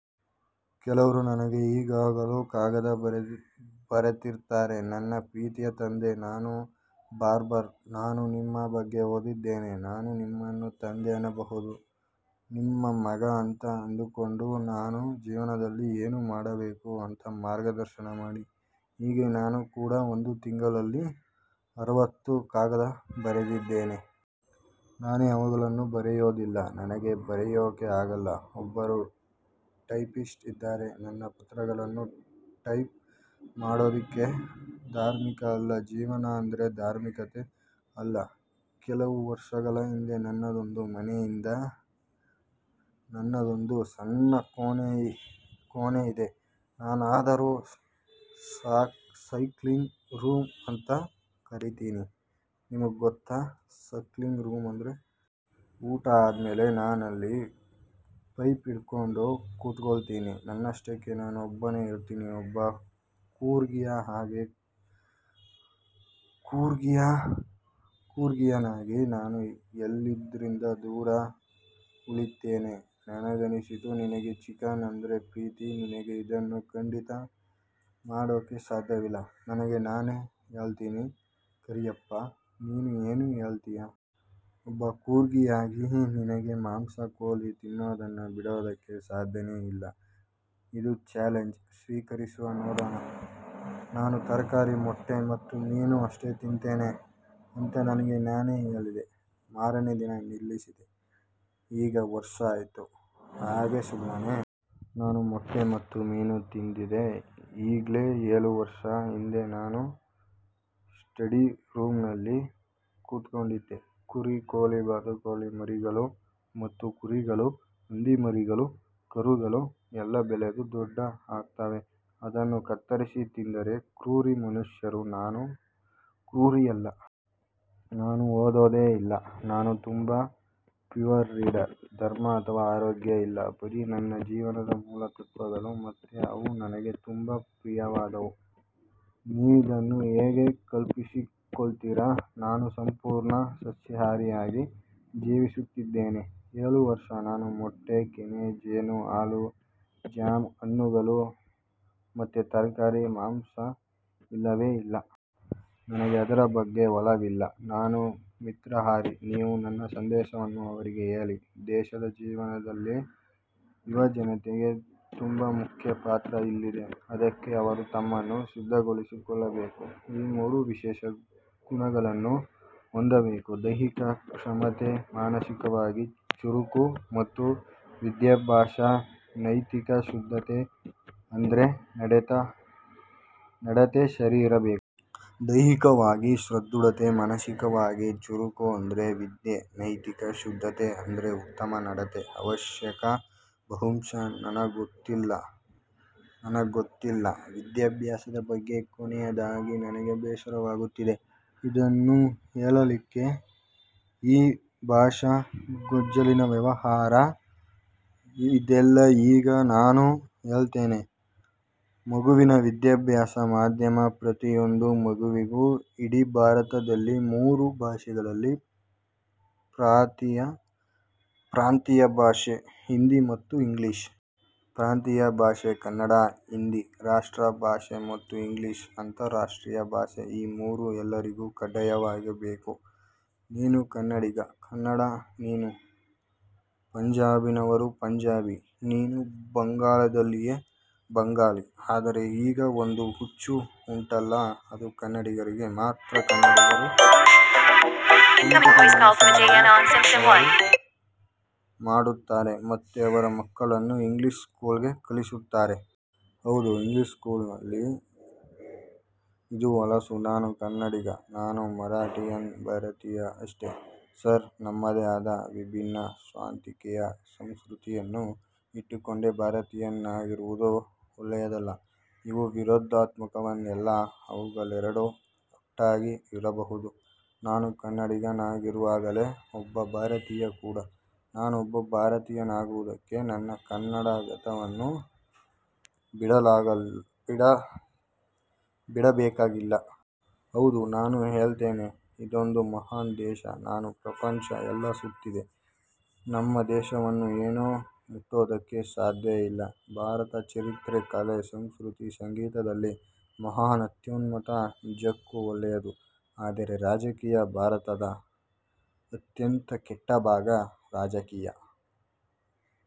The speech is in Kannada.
ಕೆಲವರು ನನಗೆ ಈಗಲೂ ಕಾಗದ ಬರೀತಿರ್ತಾರೆ 'ನನ್ನ ಪ್ರೀತಿಯ ತಂದೆ, ನಾನು ಬಾರ್ಬರ್. ನಾನು ನಿಮ್ಮ ಬಗ್ಗೆ ಓದಿದ್ದೇನೆ. ನಾನು ನಿಮ್ಮನ್ನ ತಂದೆ ಅನ್ನಬಹುದಾ. ನಿಮ್ಮ ಮಗ ಅಂತ ಅಂದ್ಕೊಂಡು, ನಾನು ಜೀವನದಲ್ಲಿ ಏನು ಮಾಡಬೇಕು ಅಂತ ಮಾರ್ಗದರ್ಶನ ಮಾಡಿ. ' ಹೀಗೆ. ನಾನು ಕೂಡಾ ಒಂದು ತಿಂಗಳಿಗೆ ಅರವತ್ತು ಕಾಗ್ದ ಬರೀತೇನೆ. ನಾನೇ ಅವುಗಳನ್ನ ಬರಯೋದಿಲ್ಲ. ನನಗೆ ಬರೆಯೋಕೆ ಆಗಲ್ಲ. ಒಬ್ಬರು ಟೈಪಿಸ್ಟ್ ಇದ್ದಾರೆ ನನ್ನ ಪತ್ರಗಳನ್ನ ಟೈಪ್ ಮಾಡೋದಿಕ್ಕೆ. ಧಾರ್ಮಿಕ ಅಲ್ಲ. ಜೀವನ ಅಂದ್ರೆ ಧಾರ್ಮಿಕತೆ ಅಲ್ಲ. ಕೆಲವು ವರ್ಷಗಳ ಹಿಂದೆ, ನನ್ನದೊಂದು ಮನೆಯಿದೆ, ನನ್ನದೊಂದು ಸಣ್ಣ ಕೋಣೆಯಿದೆ. ನಾನದನ್ನ 'ಸಲ್ಕಿಂಗ್ ರೂಂ' ಅಂತ ಕರೀತೀನಿ. ನಿಮಗ್ಗೊತ್ತಾ 'ಸಲ್ಕಿಂಗ್ ರೂಂ. ' ಊಟ ಆದ್ಮೇಲೆ ನಾನಲ್ಲಿ ಪೈಪ್ ಹಿಡ್ಕೊಂಡು ಕೂತ್ಕೋಳ್ತೀನಿ. ನನ್ನಷ್ಟಕ್ಕೆ ನಾನೊಬ್ಬನೇ ಇರ್ತೀನೆ. ಒಬ್ಬ ಕೂರ್ಗಿಯ ಹಾಗೆ, ಕೂರ್ಗಿಯಾಗಿ ನಾನು ಎಲ್ಲದ್ರಿಂದ ದೂರ ಉಳೀತೀನೆ. ನನಗನಿಸಿತು. 'ನಿನಗೆ ಚಿಕನ್ ಅಂದ್ರೆ ಪ್ರೀತಿ. ನಿನಗೆ ಇದನ್ನ ಖಂಡಿತಾ ಮಾಡೋಕೆ ಸಾಧ್ಯವಿಲ್ಲ'. ನನಗೆ ನಾನೇ ಹೇಳ್ತೇನೆ. 'ಕಾರಿಯಪ್ಪ. ನೀನು ಏನು ಹೇಳ್ತಿಯಾ? ಒಬ್ಬ ಕೂರ್ಗಿಯಾಗಿ ನಿನಗೆ ಮಾಂಸ, ಕೋಳಿ, ತಿನ್ನೋದನ್ನ ಬಿಡೋದಕ್ಕೆ ಸಾಧ್ಯನೇ ಇಲ್ಲ. ಇದು ಚ್ಯಾಲೆಂಜ್. ಸ್ವೀಕರಿಸು ನೋಡೋಣ? ' 'ನಾನು ತರಕಾರಿ, ಮೊಟ್ಟೆ ಮತ್ತು ಮೀನು ಅಷ್ಟೇ ತಿನ್ತೇನೆ' ಅಂತ ನನಗೆ ನಾನೇ ಹೇಳಿದೆ. ಮಾರನೇ ದಿನ ನಿಲ್ಲಿಸಿದೆ. ಈಗ ವರ್ಷ ಆಯ್ತು. ಹಾಗೇ ಸುಮ್ಮನೆ. ನಾನು ಮೊಟ್ಟೆ ಮತ್ತು ಮೀನು ತಿಂತಿದ್ದೆ. ಈಗ್ಗೆ ಏಳು ವರ್ಷಗಳ ಹಿಂದೆ ನಾನು ಸ್ಟಡಿ ರೂಂನಲ್ಲಿ ಕೂತ್ಕೊಂಡಿದ್ದೆ. ಕುರಿ, ಕೋಳಿ, ಬಾತುಕೋಳಿ ಮರಿಗಳು, ಮತ್ತೆ ಕುರಿಗಳು. ಹಂದಿ ಮರಿಗಳು. ಕರುಗಳು. ಎಲ್ಲ ಬೆಳೆದು ದೊಡ್ಡ ಆಗ್ತಾವೆ. ಅದನ್ನ ಕತ್ತರಿಸಿ ತಿಂತಾರೆ ಕ್ರೂರಿ ಮನುಷ್ಯರು. ನಾನು ಕ್ರೂರಿಯಲ್ಲ. ನಾನು ಓದೋದೇ ಇಲ್ಲ. ನಾನು ತುಂಬಾ ಪುವರ್ ರೀಡರ್. ಧರ್ಮ ಅಥವಾ ಆರೋಗ್ಯ ಇಲ್ಲ. ಬರೀ ನನ್ನ ಜೀವನದ ಮೂಲ ತತ್ವಗಳು ಮತ್ತೆ ಅವು ನನಗೆ ತುಂಬಾ ಪ್ರಿಯವಾದವು. ನೀವಿದನ್ನ ಹೇಗೆ ಕಲ್ಪಿಸಿಕೊಳ್ತೀರಾ. ನಾನು ಸಂಪೂರ್ಣ ಸಸ್ಯಹಾರಿಯಾಗಿ ಜೀವಿಸ್ತಿದ್ದೇನೆ. ಏಳು ವರ್ಷ. ನಾನು ಮೊಟ್ಟೆ, ಕೆನೆ, ಜೇನು, ಹಾಲು, ಜ್ಯಾಮ್, ಹಣ್ಣುಗಳು ಮತ್ತೆ ತರಕಾರಿ, ಮಾಂಸ ಇಲ್ಲವೇ ಇಲ್ಲ. ನಂಗೆ ಅದರ ಬಗ್ಗೆ ಒಲವಿಲ್ಲ. ನಾನು ಮಿತಾಹಾರಿ. ನೀವು ನನ್ನ ಸಂದೇಶವನ್ನ ಅವರಿಗೆ ಹೇಳಿ. ದೇಶದ ಜೀವನದಲ್ಲಿ ಯುವಜನತೆಗೆ ತುಂಬಾ ಮುಖ್ಯ ಪಾತ್ರ ಇದೆ. ಅದಕ್ಕೆ ಅವರು ತಮ್ಮನ್ನ ಸಿದ್ಧಗೊಳಿಸಿಕೊಳ್ಳಬೇಕು. ಈ ಮೂರು ವಿಶೇಷ ಗುಣಗಳನ್ನ ಹೊಂದಬೇಕು. ದೈಹಿಕ ಕ್ಷಮತೆ, ಮಾನಸಿಕವಾಗಿ ಚುರುಕು ಮತ್ತು ವಿದ್ಯಾಭ್ಯಾಸ, ನೈತಿಕ ಶುದ್ಧತೆ ಅಂದ್ರೆ ನಡತೆ ಸರಿ ಇರಬೇಕು. ದೈಹಿಕವಾಗಿ ಸದೃಢತೆ, ಮಾನಸಿಕವಾಗಿ ಚುರುಕು ಅಂದ್ರೆ ವಿದ್ಯೆ, ನೈತಿಕ ಶುದ್ಧತೆ ಅಂದ್ರೆ ಉತ್ತಮ ನಡತೆ ಅವಶ್ಯ. ಬಹುಶಃ ನನಗ್ಗೊತ್ತಿಲ್ಲ. ನನಗ್ಗೊತ್ತಿಲ್ಲ ವಿದ್ಯಾಭ್ಯಾಸದ ಬಗ್ಗೆ. ಕೊನೇದಾಗಿ ನನಗೆ ಬೇಸರವಾಗುತ್ತೆ ಇದನ್ನ ಹೇಳಕ್ಕೆ ಈ ಭಾಷಾ ಗೋಜಲಿನ ವ್ಯವಹಾರ ಇದ್ಯಲ್ಲ ಈಗ. ನಾನು ಹೇಳ್ತೇನೆ. ಮಗುವಿನ ವಿದ್ಯಾಭ್ಯಾಸ ಮಾಧ್ಯಮ – ಪ್ರತಿಯೊಂದು ಮಗುವಿಗೂ ಇಡೀ ಭಾರತದಲ್ಲಿ ಮೂರು ಭಾಷೆಗಳು, ಪ್ರಾಂತೀಯ ಭಾಷೆ, ಹಿಂದಿ ಮತ್ತು ಇಂಗ್ಲಿಷ್. ಪ್ರಾಂತೀಯ ಭಾಷೆ ಕನ್ನಡ, ಹಿಂದಿ ರಾಷ್ಟ್ರಭಾಷೆ ಮತ್ತು ಇಂಗ್ಲಿಷ್ ಅಂತರರಾಷ್ಟ್ರೀಯ ಭಾಷೆ. ಈ ಮೂರು ಎಲ್ಲರಿಗೂ ಕಡ್ಡಾಯವಾಗಬೇಕು. ನೀನು ಕನ್ನಡಿಗ, ಕನ್ನಡ; ನೀನು ಪಂಜಾಬ್ನವರು, ಪಂಜಾಬಿ; ನೀನು ಬಂಗಾಳದಲ್ಲಿದ್ದೀ ಬಂಗಾಳಿ. ಆದರೆ ಈಗ ಒಂದು ಹುಚ್ಚು ಉಂಟಲ್ಲ ಅದು ಕನ್ನಡಿಗರಿಗೆ ಮಾತ್ರ. ಕನ್ನಡಿಗರು ಕುಂಠಿತ ಮನಸ್ಸಿನವರು ಅವರು ಮಾತಾಡ್ತಾರೆ ಮತ್ತೆ ಅವರ ಮಕ್ಕಳನ್ನ ಇಂಗ್ಲಿಷ್ ಸ್ಕೂಲ್ಗೆ ಕಳಿಸ್ತಾರೆ. ಹೌದು. ಇಂಗ್ಲಿಷ್ ಸ್ಕೂಲ್ನಲ್ಲಿ. ಇದು ಹೊಲಸು. ನಾನು ಕನ್ನಡಿಗ. ನಾನು ಮರಾಠಿಯನ್. ಭಾರತೀಯ ಅಷ್ಟೆ. ಸರ್, ನಮ್ಮದೇ ಆದ ವಿಭಿನ್ನ ಸ್ವಂತಿಕೆಯ ಸಂಸ್ಕೃತಿಯನ್ನ ಇಟ್ಟುಕೊಂಡೇ ಭಾರತೀಯನಾಗಿರುವುದು ಒಳ್ಳೇಯದಲ್ವ. ಇವು ವಿರೋಧಾತ್ಮಕವೇನಲ್ಲ. ಅವುಗಳೆರಡೂ ಒಟ್ಟಾಗಿ ಇರ್ಬಹುದು. ನಾನು ಕನ್ನಡಿಗನಾಗಿರುವಾಗಲೇ ಒಬ್ಬ ಭಾರತೀಯ ಕೂಡಾ. ನಾನೊಬ್ಬ ಭಾರತೀಯನಾಗುವುದಕ್ಕೆ ನನ್ನ ಕನ್ನಡಿಗತನವನ್ನ ಬಿಡಬೇಕಾಗಿಲ್ಲ. ಹೌದು. ನಾನು ಹೇಳ್ತೇನೆ, ಇದೊಂದು ಮಹಾನ್ ದೇಶ. ನಾನು ಪ್ರಪಂಚ ಎಲ್ಲ ಸುತ್ತಿದೆ. ನಮ್ಮ ದೇಶವನ್ನ ಏನೂ ಮುಟ್ಟೋದಕ್ಕೆ ಸಾಧ್ಯ ಇಲ್ಲ. ಭಾರತ ಚರಿತ್ರೆ, ಕಲೆ, ಸಂಸ್ಕೃತಿ, ಸಂಗೀತದಲ್ಲಿ ಮಹಾನ್, ಅತ್ಯುತ್ತಮ. ನಿಜಕ್ಕೂ ಒಳ್ಳೇದು. ಆದರೆ ರಾಜಕೀಯ ಭಾರತದ ಅತ್ಯಂತ ಕೆಟ್ಟ ಭಾಗ ರಾಜಕೀಯ.